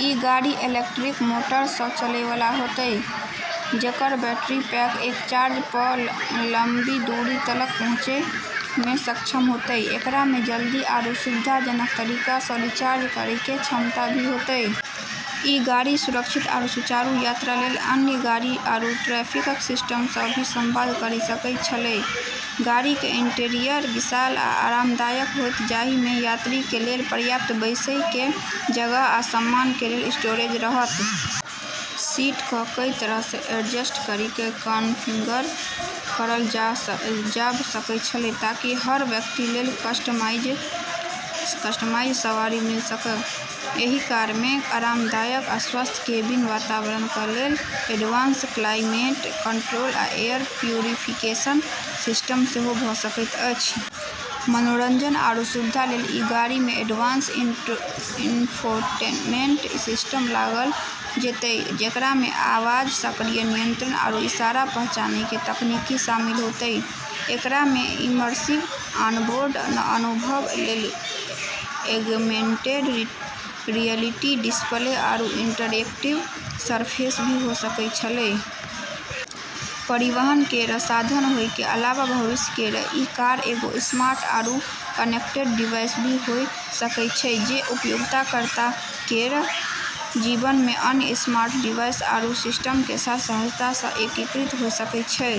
ई गाड़ी electric motor स चलै वाला होतै, जेकर बैटरी पैक एक चार्ज प लंबी दूरी तलक पहुँचै मे सक्षम होतै। एकरा मे जल्दी आरू सुविधाजनक तरीका स रिचार्ज करै के क्षमता भी होतै। ई गाड़ी सुरक्षित आरू सुचारू यात्रा लेली अन्य गाड़ी आरू ट्रैफिक सिस्टम स भी संवाद करी सकै छेलै। गाड़ी के इंटीरियर विशाल आ आरामदायक होयत, जाहि में यात्री के लेल पर्याप्त बैसय के जगह आ सामान के लेल स्टोरेज रहत। सीट क कई तरह स एडजस्ट करी क कॉन्फ़िगर करल जाब सकै छेलै ताकि हर व्यक्ति लेली कस्टमाइज्ड सवारी मिल सक। एहि कार मे आरामदायक आ स्वस्थ केबिन वातावरण क लेल एडवांस क्लाइमेट कंट्रोल आ एयर प्यूरिफिकेशन सिस्टम सेहो भ सकैत अछि। मनोरंजन आरू सुविधा लेली ई गाड़ी मे एडवांस इन्फोटेनमेंट सिस्टम लगाल जैतै, जेकरा मे आवाज सक्रिय नियंत्रण आरू इशारा पहचानै के तकनीक शामिल होतै। एकरा मे इमर्सिव ऑनबोर्ड अनुभव लेली एग्मेंटेड रियलिटी डिस्प्ले आरू इंटरएक्टिव सरफेस भी हो सकै छेलै। परिवहन केर साधन होय के अलावा भविष्य केर ई कार एगो स्मार्ट आरू कनेक्टेड डिवाइस भी होय सकै छै, जे उपयोगकर्ता केर जीवन मे अन्य स्मार्ट डिवाइस आरू सिस्टम के साथ सहजता स एकीकृत होय सकै छै।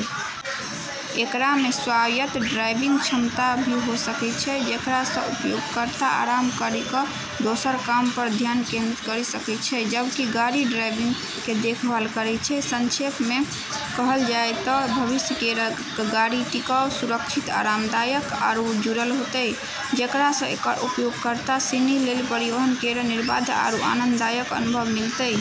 एकरा मे स्वायत्त ड्राइविंग क्षमता भी हो सकै छै, जेकरा स उपयोगकर्ता आराम करी क दोसर काम प ध्यान केंद्रित करी सकै छै जबकि गाड़ी ड्राइविंग के देखभाल करै छै। संक्षेप मे कहल जाय त भविष्य केर गाड़ी टिकाऊ, सुरक्षित, आरामदायक, आरू जुड़ल होतै, जेकरा स एकर उपयोगकर्ता सिनी लेली परिवहन केर निर्बाध आरू आनंददायक अनुभव मिलतै।